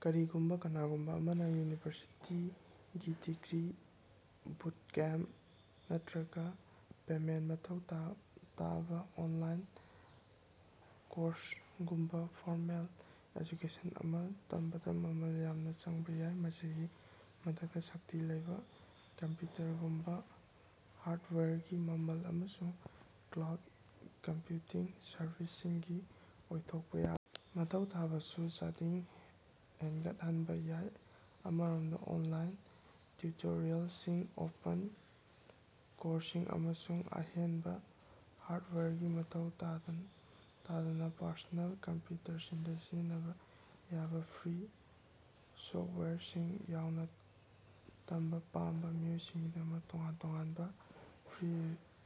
ꯀꯔꯤꯒꯨꯝꯕꯥ ꯀꯅꯥꯒꯨꯝꯕꯥ ꯑꯃꯅꯥ ꯌꯨꯅꯤꯚꯔꯁꯤꯇꯤꯒꯤ ꯗꯤꯒ꯭ꯔꯤ, ꯕꯨꯠꯀꯦꯝꯄ ꯅꯠꯇ꯭ꯔꯒꯥ ꯄꯦꯃꯦꯟꯇ ꯃꯊꯧ ꯇꯥ ꯇꯥꯕꯥ ꯑꯣꯟꯂꯥꯏꯟ ꯀꯣꯔꯁꯒꯨꯝꯕꯥ ꯐꯣꯔꯃꯦꯜ ꯑꯦꯖꯨꯀꯦꯁꯟ ꯑꯃꯥ ꯇꯝꯕꯗꯥ ꯃꯃꯜ ꯌꯥꯝꯅꯥ ꯆꯪꯕꯥ ꯌꯥꯏ꯫ ꯃꯁꯤꯒꯤ ꯃꯊꯛꯇꯥ, ꯁꯛꯇꯤ ꯂꯩꯕꯥ ꯀꯝꯄ꯭ꯌꯨꯇꯔꯒꯨꯝꯕꯥ ꯍꯥꯔꯠꯋꯥꯌꯔꯒꯤ ꯃꯃꯜ ꯑꯃꯁꯨꯡ ꯀ꯭ꯂꯥꯎꯠ ꯀꯝꯄ꯭ꯌꯨꯇꯤꯡ ꯁꯔꯚꯤꯁꯁꯤꯡꯒꯤ ꯑꯣꯏꯊꯣꯛꯄꯥ ꯌꯥꯕꯥ ꯃꯊꯧ ꯇꯥꯕꯁꯨ ꯆꯥꯗꯤꯡ ꯍꯦꯟꯒꯠꯍꯟꯕꯥ ꯌꯥꯏ꯫ ꯑꯃꯔꯣꯝꯗꯥ, ꯑꯣꯟꯂꯥꯏꯟ ꯇꯤꯎꯇꯣꯔꯤꯌꯦꯜꯁꯤꯡ, ꯑꯣꯄꯟ ꯀꯣꯔꯁꯁꯤꯡ ꯑꯃꯁꯨꯡ ꯑꯍꯦꯟꯕꯥ ꯍꯥꯔꯠꯋꯥꯌꯔꯒꯤ ꯃꯊꯧ ꯇꯥꯗ ꯇꯥꯗꯅꯥ ꯄꯔꯁꯣꯅꯦꯜ ꯀꯝꯄ꯭ꯌꯨꯇꯔꯁꯤꯡꯗꯥ ꯁꯤꯖꯤꯟꯅꯕꯥ ꯌꯥꯕꯥ ꯐ꯭ꯔꯤ ꯁꯣꯞꯋꯥꯌꯔꯁꯤꯡ ꯌꯥꯎꯅꯥ, ꯇꯝꯕꯥ ꯄꯥꯝꯕꯥ ꯃꯤꯑꯣꯏꯁꯤꯡꯒꯤꯗꯃꯛ ꯇꯣꯉꯥꯟ-ꯇꯣꯉꯥꯟꯕꯥ ꯐ꯭ꯔꯤ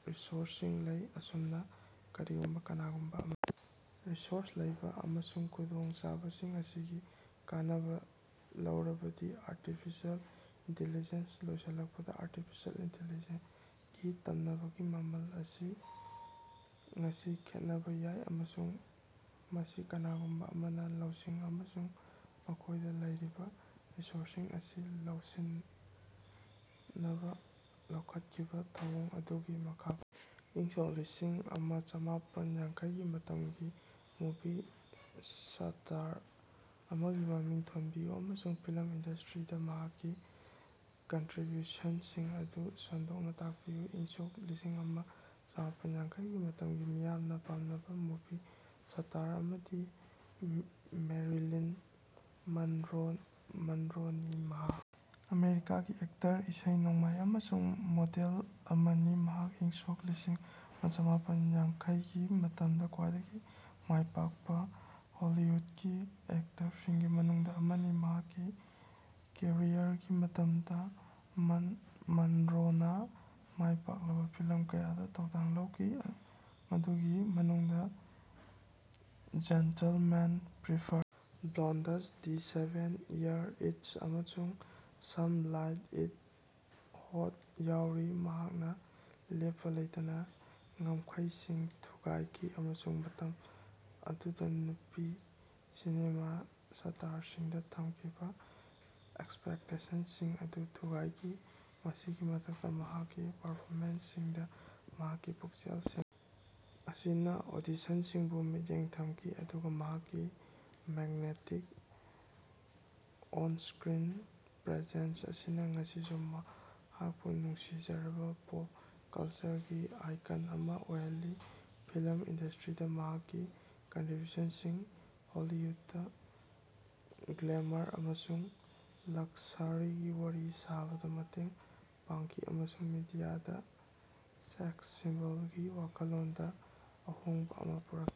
ꯔꯤꯁꯣꯔꯁꯁꯤꯡ ꯂꯩ꯫ ꯑꯁꯨꯝꯅꯥ, ꯀꯔꯤꯒꯨꯝꯕꯥ ꯀꯅꯥꯒꯨꯝꯕꯥ ꯑꯃꯅꯥ ꯔꯤꯁꯣꯔꯁ ꯂꯩꯕꯥ ꯑꯃꯁꯨꯡ ꯈꯨꯗꯣꯡꯆꯥꯕꯁꯤꯡ ꯑꯁꯤꯒꯤ ꯀꯥꯟꯅꯕꯥ ꯂꯧꯔꯕꯗꯤ ꯑꯔꯇꯤꯐꯤꯁꯦꯜ ꯏꯟꯇꯤꯂꯤꯖꯦꯟꯁ ꯂꯣꯏꯁꯤꯜꯂꯛꯄꯗꯥ ꯑꯔꯇꯤꯐꯤꯁꯦꯜ ꯏꯟꯇꯤꯂꯤꯖꯦꯟꯒꯤ ꯇꯝꯅꯕꯒꯤ ꯃꯃꯜ ꯉꯁꯤ ꯈꯦꯠꯅꯕꯥ ꯌꯥꯏ ꯑꯃꯁꯨꯡ ꯃꯁꯤ ꯀꯅꯥꯒꯨꯝꯕꯥ ꯑꯃꯅꯥ ꯂꯧꯁꯤꯡ ꯑꯃꯁꯨꯡ ꯃꯈꯣꯏꯗꯥ ꯂꯩꯔꯤꯕꯥ ꯔꯤꯁꯣꯔꯁꯁꯤꯡ ꯑꯁꯤ ꯂꯧꯁꯤꯟꯅꯕꯥ ꯂꯧꯈꯠꯂꯤꯕꯥ ꯊꯧꯑꯣꯡ ꯑꯗꯨꯒꯤ ꯃꯈꯥ ꯄꯣꯜꯂꯤ꯫ ꯏꯪ ꯁꯣꯛ ꯂꯤꯁꯤꯑꯃ ꯆꯥꯝꯃꯥꯄꯟ ꯌꯥꯡꯈꯩꯒꯤ ꯃꯇꯝꯒꯤ ꯃꯨꯚꯤ ꯁꯇꯥꯔ ꯑꯃꯒꯤ ꯃꯃꯤꯡ ꯊꯣꯟꯕꯤꯌꯨ ꯑꯃꯁꯨꯡ ꯐꯤꯂꯝ ꯏꯟꯗꯁꯇ꯭ꯔꯤꯗꯥ ꯃꯍꯥꯛꯀꯤ ꯀꯟꯇ꯭ꯔꯤꯕ꯭ꯌꯨꯁꯟꯁꯤꯡ ꯑꯗꯨ ꯁꯟꯗꯣꯛꯅꯥ ꯇꯥꯛꯄꯤꯌꯨ꯫ ꯏꯪ ꯁꯣꯛ ꯂꯤꯁꯤꯑꯃ ꯆꯥꯝꯃꯥꯄꯟ ꯌꯥꯡꯈꯩꯒꯤ ꯃꯇꯝꯒꯤ ꯃꯤꯌꯥꯝꯅꯥ ꯄꯥꯝꯅꯕꯥ ꯃꯨꯚꯤ ꯁꯇꯥꯔ ꯑꯃꯗꯤ ꯃꯦꯔꯤꯂꯤꯟ ꯃꯟꯔꯣꯟ ꯃꯟꯔꯣꯅꯤ꯫ ꯃꯍꯥꯛ ꯑꯃꯦꯔꯤꯀꯥꯒꯤ ꯑꯦꯛꯇꯔ, ꯏꯁꯩ ꯅꯣꯡꯃꯥꯏ ꯑꯃꯁꯨꯡ ꯃꯣꯗꯦꯜ ꯑꯃꯅꯤ, ꯃꯍꯥꯛ ꯏꯪ ꯁꯣꯛ ꯂꯤꯁꯤꯑꯃ ꯆꯥꯝꯃꯥꯄꯟ ꯌꯥꯡꯈꯩꯒꯤ ꯃꯇꯝꯗꯥ ꯈ꯭ꯋꯥꯏꯗꯒꯤ ꯃꯥꯏꯄꯥꯛꯄꯥ ꯍꯣꯂꯤꯋꯨꯠꯀꯤ ꯑꯦꯛꯇꯔꯁꯤꯡꯒꯤ ꯃꯅꯨꯡꯗꯥ ꯑꯃꯅꯤ꯫ ꯃꯍꯥꯛꯀꯤ ꯀꯦꯔꯤꯌꯔꯒꯤ ꯃꯇꯝꯗꯥ ꯃꯟ ꯃꯟꯔꯣꯅꯥ ꯃꯥꯏꯄꯥꯛꯂꯕꯥ ꯐꯤꯂꯝ ꯀꯌꯥꯗꯥ ꯊꯧꯗꯥꯡ ꯂꯧꯈꯤ, ꯃꯗꯨꯒꯤ ꯃꯅꯨꯡꯗꯥ "gentlemen prefer blondes", "the seven year itch" ꯑꯃꯁꯨꯡ "ꯁꯝ ꯂꯥꯏꯛ ꯏꯠ ꯍꯣꯠ" ꯌꯥꯎꯔꯤ꯫ ꯃꯍꯥꯛꯅꯥ ꯂꯦꯞꯄꯥ ꯂꯩꯇꯅꯥ ꯉꯝꯈꯩꯁꯤꯡ ꯊꯨꯒꯥꯏꯈꯤ ꯑꯃꯁꯨꯡ ꯃꯇꯝ ꯑꯗꯨꯗꯥ ꯅꯨꯄꯤ ꯁꯤꯅꯦꯃꯥ ꯁꯇꯥꯔꯁꯤꯡꯗꯥ ꯊꯝꯈꯤꯕꯥ ꯑꯦꯛꯁꯄꯦꯛꯇꯦꯁꯟꯁꯤꯡ ꯑꯗꯨ ꯊꯨꯒꯥꯏꯈꯤ꯫ ꯃꯁꯤꯒꯤ ꯃꯊꯛꯇꯥ, ꯃꯍꯥꯛꯀꯤ ꯄꯥꯔꯐꯣꯃꯦꯟꯁꯁꯤꯡꯗꯥ ꯃꯍꯥꯛꯀꯤ ꯄꯨꯛꯆꯦꯜ ꯁꯦꯡꯕꯥ ꯑꯁꯤꯅꯥ ꯑꯣꯗꯤꯁꯟꯁꯤꯡꯕꯨ ꯃꯤꯠꯌꯦꯡ ꯊꯝꯈꯤ, ꯑꯗꯨꯒꯥ ꯃꯍꯥꯛꯀꯤ ꯃꯦꯛꯅꯦꯇꯤꯛ ꯑꯣꯟꯁꯀ꯭ꯔꯤꯟ ꯄ꯭ꯔꯦꯖꯦꯟꯁ ꯑꯁꯤꯅꯥ ꯉꯁꯤꯁꯨ ꯃꯍꯥꯛꯄꯨ ꯅꯨꯡꯁꯤꯖꯔꯕꯥ ꯄꯣꯞ ꯀꯜꯆꯔꯒꯤ ꯑꯥꯏꯀꯟ ꯑꯃꯥ ꯑꯣꯏꯍꯜꯂꯤ꯫ ꯐꯤꯂꯝ ꯏꯟꯗꯁꯇ꯭ꯔꯤꯗꯥ ꯃꯍꯥꯛꯀꯤ ꯀꯟꯇ꯭ꯔꯤꯕ꯭ꯌꯨꯁꯟꯁꯤꯡꯅꯥ ꯍꯣꯂꯤꯋꯨꯗꯇꯥ ꯒ꯭ꯂꯦꯃꯔ ꯑꯃꯁꯨꯡ ꯂꯛꯁꯥꯔꯤꯒꯤ ꯋꯥꯔꯤ ꯁꯥꯕꯗꯥ ꯃꯇꯦꯡ ꯄꯥꯡꯈꯤ ꯑꯃꯁꯨꯡ ꯃꯤꯗꯤꯌꯥꯗꯥ ꯁꯦꯛꯁ ꯁꯤꯝꯕꯣꯜꯒꯤ ꯋꯥꯈꯜꯂꯣꯟꯗꯥ ꯑꯍꯣꯡꯕꯥ ꯑꯃꯥ ꯄꯨꯔꯛꯈꯤ꯫